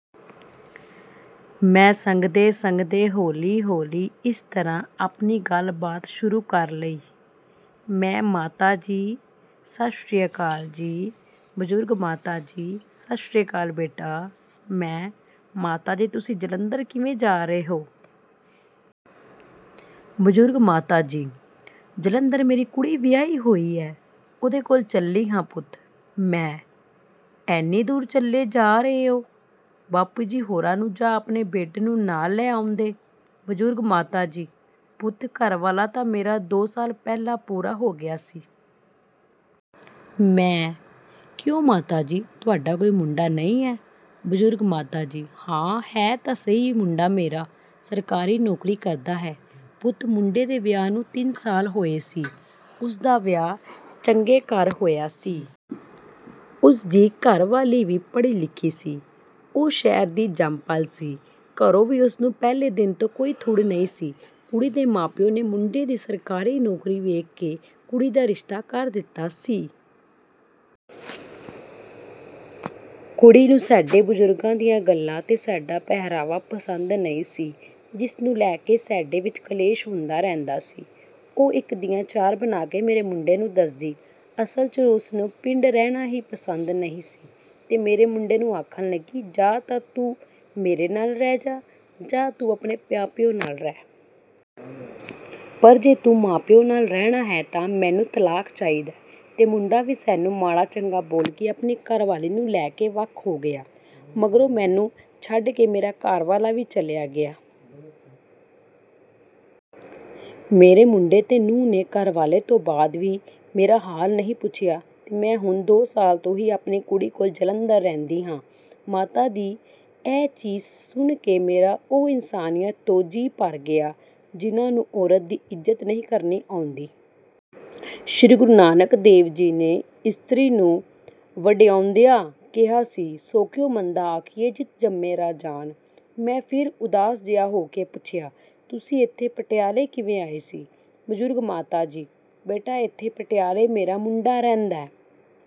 ਮੈਂ ਸੰਗਦੇ-ਸੰਗਦੇ ਹੌਲੀ-ਹੌਲੀ ਇਸ ਤਰ੍ਹਾਂ ਆਪਣੀ ਗੱਲਬਾਤ ਸ਼ੁਰੂ ਕਰ ਲਈ। ਮੈਂ: ਮਾਤਾ ਜੀ, ਸਤਿ ਸ੍ਰੀ ਅਕਾਲ ਜੀ। ਬਜ਼ੁਰਗ ਮਾਤਾ ਜੀ: ਸਤਿ ਸ੍ਰੀ ਅਕਾਲ ਬੇਟਾ। ਮੈਂ: ਮਾਤਾ ਜੀ, ਤੁਸੀਂ ਜਲੰਧਰ ਕਿਵੇਂ ਜਾ ਰਹੇ ਹੋ? ਬਜ਼ੁਰਗ ਮਾਤਾ ਜੀ: ਜਲੰਧਰ ਮੇਰੀ ਕੁੜੀ ਵਿਆਹੀ ਹੋਈ ਹੈ। ਉਹਦੇ ਕੋਲ ਚੱਲੀ ਹਾਂ ਪੁੱਤ। ਮੈਂ: ਐਨੀ ਦੂਰ ਕੱਲੇ ਜਾ ਰਹੇ ਹੋ? ਬਾਪੂ ਜੀ ਹੋਰਾਂ ਨੂੰ ਜਾਂ ਆਪਣੇ ਬੇਟੇ ਨੂੰ ਨਾਲ ਲੈ ਆਉਂਦੇ। ਬਜ਼ੁਰਗ ਮਾਤਾ ਜੀ: ਪੁੱਤ, ਘਰਵਾਲਾ ਤਾਂ ਮੇਰਾ ਦੋ ਸਾਲ ਪਹਿਲਾਂ ਪੂਰਾ ਹੋ ਗਿਆ ਸੀ। ਮੈਂ: ਕਿਉਂ ਮਾਤਾ ਜੀ, ਤੁਹਾਡਾ ਕੋਈ ਮੁੰਡਾ ਨਹੀਂ ਹੈ? ਬਜ਼ੁਰਗ ਮਾਤਾ ਜੀ: ਹਾਂ, ਹੈ ਤਾਂ ਸਹੀ ਮੁੰਡਾ ਮੇਰਾ। ਸਰਕਾਰੀ ਨੌਕਰੀ ਕਰਦਾ ਹੈ। ਪੁੱਤ, ਮੁੰਡੇ ਦੇ ਵਿਆਹ ਨੂੰ ਤਿੰਨ ਸਾਲ ਹੋਏ ਸੀ। ਉਸਦਾ ਵਿਆਹ ਚੰਗੇ ਘਰ ਹੋਇਆ ਸੀ। ਉਸਦੀ ਘਰਵਾਲੀ ਵੀ ਪੜ੍ਹੀ-ਲਿਖੀ ਸੀ। ਉਹ ਸ਼ਹਿਰ ਦੀ ਜੰਮਪਲ ਸੀ। ਘਰੋਂ ਵੀ ਉਸਨੂੰ ਪਹਿਲੇ ਦਿਨ ਤੋਂ ਕੋਈ ਥੁੜ ਨਹੀਂ ਸੀ। ਕੁੜੀ ਦੇ ਮਾਂ-ਪਿਉ ਨੇ ਮੁੰਡੇ ਦੀ ਸਰਕਾਰੀ ਨੌਕਰੀ ਵੇਖ ਕੇ ਕੁੜੀ ਦਾ ਰਿਸ਼ਤਾ ਕਰ ਦਿੱਤਾ ਸੀ। ਕੁੜੀ ਨੂੰ ਸਾਡੇ ਬਜ਼ੁਰਗਾਂ ਦੀਆਂ ਗੱਲਾਂ ਤੇ ਸਾਡਾ ਪਹਿਰਾਵਾ ਪਸੰਦ ਨਹੀਂ ਸੀ, ਜਿਸ ਨੂੰ ਲੈ ਕੇ ਸਾਡੇ ਵਿੱਚ ਕਲੇਸ਼ ਹੁੰਦਾ ਰਹਿੰਦਾ ਸੀ। ਉਹ ਇੱਕ ਦੀਆਂ ਚਾਰ ਬਣਾ ਕੇ ਮੇਰੇ ਮੁੰਡੇ ਨੂੰ ਦੱਸਦੀ। ਅਸਲ 'ਚ ਉਸਨੂੰ ਪਿੰਡ ਰਹਿਣਾ ਹੀ ਪਸੰਦ ਨਹੀਂ ਸੀ ਤੇ ਮੇਰੇ ਮੁੰਡੇ ਨੂੰ ਆਖਣ ਲੱਗੀ, "ਜਾਂ ਤਾਂ ਤੂੰ ਮੇਰੇ ਨਾਲ ਰਹਿ ਜਾ, ਜਾਂ ਤੂੰ ਆਪਣੇ ਮਾਂ-ਪਿਉ ਨਾਲ ਰਹਿ। ਪਰ ਜੇ ਤੂੰ ਮਾਂ-ਪਿਉ ਨਾਲ ਰਹਿਣਾ ਹੈ ਤਾਂ ਮੈਨੂੰ ਤਲਾਕ ਚਾਹੀਦਾ।" ਤੇ ਮੁੰਡਾ ਵੀ ਸਾਨੂੰ ਮਾੜਾ-ਚੰਗਾ ਬੋਲ ਕੇ ਆਪਣੀ ਘਰਵਾਲੀ ਨੂੰ ਲੈ ਕੇ ਵੱਖ ਹੋ ਗਿਆ। ਮਗਰੋਂ ਮੈਨੂੰ ਛੱਡ ਕੇ ਮੇਰਾ ਘਰਵਾਲਾ ਵੀ ਚੱਲਿਆ ਗਿਆ। ਮੇਰੇ ਮੁੰਡੇ ਤੇ ਨੂੰਹ ਨੇ ਘਰਵਾਲੇ ਤੋਂ ਬਾਅਦ ਵੀ ਮੇਰਾ ਹਾਲ ਨਹੀਂ ਪੁੱਛਿਆ ਤੇ ਮੈਂ ਹੁਣ ਦੋ ਸਾਲ ਤੋਂ ਹੀ ਆਪਣੀ ਕੁੜੀ ਕੋਲ ਜਲੰਧਰ ਰਹਿੰਦੀ ਹਾਂ। ਮਾਤਾ ਦੀ ਇਹ ਚੀਸ ਸੁਣ ਕੇ ਮੇਰਾ ਉਹ ਇਨਸਾਨੀਅਤ ਤੋਂ ਜੀਅ ਭਰ ਗਿਆ, ਜਿਹਨਾਂ ਨੂੰ ਔਰਤ ਦੀ ਇੱਜ਼ਤ ਨਹੀਂ ਕਰਨੀ ਆਉਂਦੀ। ਸ੍ਰੀ ਗੁਰੂ ਨਾਨਕ ਦੇਵ ਜੀ ਨੇ ਇਸਤਰੀ ਨੂੰ ਵਡਿਆਉਂਦਿਆਂ ਕਿਹਾ ਸੀ: "ਸੋ ਕਿਉ ਮੰਦਾ ਆਖੀਐ ਜਿਤੁ ਜੰਮਹਿ ਰਾਜਾਨੁ॥" ਮੈਂ ਫੇਰ ਉਦਾਸ ਜਿਹਾ ਹੋ ਕੇ ਪੁੱਛਿਆ, "ਤੁਸੀਂ ਇੱਥੇ ਪਟਿਆਲੇ ਕਿਵੇਂ ਆਏ ਸੀ?" ਬਜ਼ੁਰਗ ਮਾਤਾ ਜੀ: ਬੇਟਾ, ਇੱਥੇ ਪਟਿਆਲੇ ਮੇਰਾ ਮੁੰਡਾ ਰਹਿੰਦਾ...